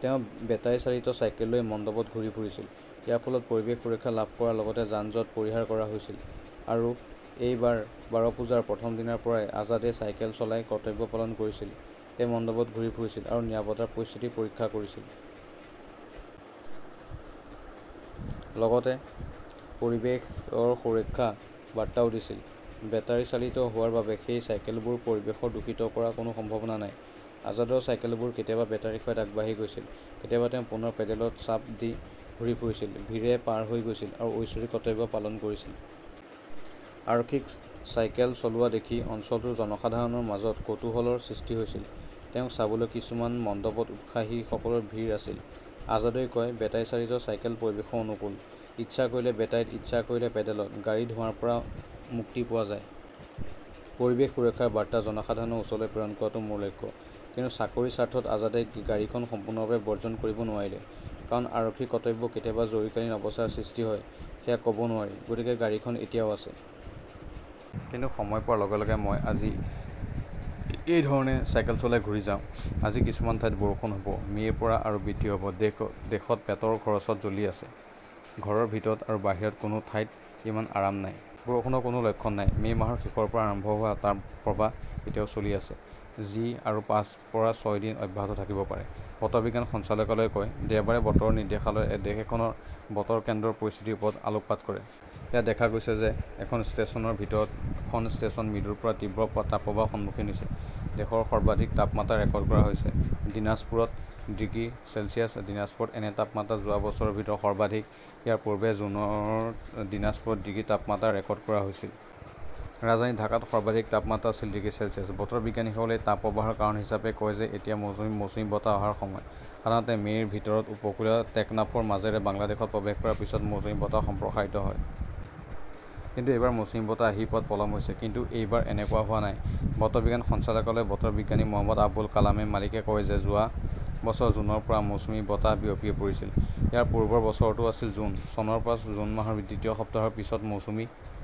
তেওঁ বেটাৰী চালিত চাইকেল লৈ মণ্ডপত ঘূৰি ফুৰিছিল। ইয়াৰ ফলত পৰিৱেশ সুৰক্ষা লাভ কৰাৰ লগতে যান-জঁট পৰিহাৰ কৰা হৈছিল। এই বাৰ পূজাৰ প্ৰথম দিনৰ পৰাই আজাদে চাইকেল চলাই 'কৰ্তব্য "পালন কৰিছিল। তেওঁ মণ্ডপত ঘূৰি ফুৰিছিল আৰু নিৰাপত্তা পৰিস্থিতি পৰীক্ষা কৰিছিল। লগতে পৰিৱেশ সুৰক্ষাৰ বাৰ্তাও দিছিল। বেটাৰী চালিত হোৱাৰ বাবে সেই চাইকেলবোৰে পৰিৱেশ দূষিত কৰাৰ কোনো সম্ভাৱনা নাই। আজাদৰ চাইকেলবোৰ কেতিয়াবা বেটাৰীৰ সহায়ত আগবাঢ়ি গৈছিল, কেতিয়াবা তেওঁ পুনৰ পেডেলত চাপ দি ঘূৰি ফুৰিছিল। ভীৰে পাৰ হৈ গৈছিল আৰু ঐশ্বৰিক কৰ্তব্য পালন কৰিছিল। আৰক্ষীক চাইকেল চলোৱা দেখি অঞ্চলটোৰ জনসাধাৰণৰ মাজত কৌতূহলৰ সৃষ্টি হৈছিল। তেওঁক চাবলৈ কিছুমান মণ্ডপত উৎসাহীসকলৰ ভিৰ আছিল। আজাদই কয়, "বেটাৰী চালিত চাইকেলবোৰ পৰিৱেশ অনুকূল। ইচ্ছা কৰিলে বেটাৰীত, ইচ্ছা কৰিলে পেডেলত। গাড়ীৰ ধোঁৱাৰ পৰা মুক্তি পোৱা যায়। পৰিৱেশ সুৰক্ষাৰ বাৰ্তা জনসাধাৰণৰ ওচৰলৈ প্ৰেৰণ কৰাটো মোৰ লক্ষ্য। "কিন্তু চাকৰিৰ স্বাৰ্থত আজাদে গাড়ীখন সম্পূৰ্ণৰূপে বৰ্জন কৰিব নোৱাৰিলে। "কাৰণ আৰক্ষীৰ কৰ্তব্য, কেতিয়া জৰুৰীকালীন অৱস্থাৰ সৃষ্টি হয় সেয়া ক" ব নোৱাৰি। গতিকে গাড়ীখন এতিয়াও আছে। কিন্তু সময় পোৱাৰ লগে লগে মই এই ধৰণে চাইকেল চলাই ঘূৰি যাওঁ। "। আজি কিছুমান ঠাইত বৰষুণ হ "ব, মে" ৰ পৰা আৰু বৃদ্ধি হ "ব দেশটো পেটৰ খৰচত জ্বলি আছে। ঘৰৰ ভিতৰত আৰু বাহিৰত কোনো ঠাইতে ইমান আৰাম নাই। বৰষুণৰ কোনো লক্ষণ নাই। মে 'মাহৰ শেষৰ পৰা আৰম্ভ হোৱা তাপপ্ৰবাহ এতিয়াও চলি আছে, যি আৰু পাঁচৰ পৰা ছয় দিন অব্যাহত থাকিব পাৰে, বতৰ বিজ্ঞান সঞ্চালকালয়ই কয়। দেওবাৰে বতৰ নিৰ্দেশালয়ে দেশৰ খন বতৰ কেন্দ্ৰৰ পৰিস্থিতিৰ ওপৰত আলোকপাত কৰে। ইয়াত দেখা গৈছে যে খন ষ্টেচনৰ ভিতৰত খন ষ্টেচন মৃদুৰ পৰা তীব্ৰ তাপপ্ৰবাহৰ সন্মুখীন হৈছে। দেশৰ সৰ্বাধিক তাপমাত্ৰা ৰেকৰ্ড কৰা হৈছে দিনাজপুৰত ডিগ্ৰী চেলছিয়াছ। দীনাজপুৰত এনে তাপমাত্ৰা যোৱা বছৰৰ ভিতৰত সৰ্বাধিক। ইয়াৰ পূৰ্বে চনৰ জুনত দিনাজপুৰত ডিগ্ৰী তাপমাত্ৰা ৰেকৰ্ড কৰা হৈছিল। ৰাজধানী ঢাকাত সৰ্বাধিক তাপমাত্ৰা আছিল ডিগ্ৰী চেলছিয়াছ। বতৰ বিজ্ঞানীসকলে এই তাপপ্ৰবাহৰ কাৰণ হিচাপে কয় যে এতিয়া মৌচুমী বতাহ অহাৰ সময়। সাধাৰণতে মে 'ৰ ভিতৰত উপকূলীয় টেকনাফৰ মাজেৰে বাংলাদেশত প্ৰৱেশ কৰাৰ পিছত মৌচুমী বতাহ সম্প্ৰসাৰিত হয়। কিন্তু এইবাৰ মৌচুমী বতাহ আহি পোৱাত পলম হৈছে। কিন্তু এইবাৰ এনেকুৱা হোৱা নাই। বতৰ বিজ্ঞান সঞ্চালকালয়ৰ বতৰ বিজ্ঞানী মহম্মদ আবুল কালাম মালিকে কয় যে যোৱা বছৰৰ জুনৰ পৰা মৌচুমী বতাহ বিয়পি পৰিছিল। ইয়াৰ পূৰ্বৰ বছৰটো আছিল জুন। চনৰ পৰা জুন মাহৰ দ্বিতীয় সপ্তাহৰ পিছত মৌচুমী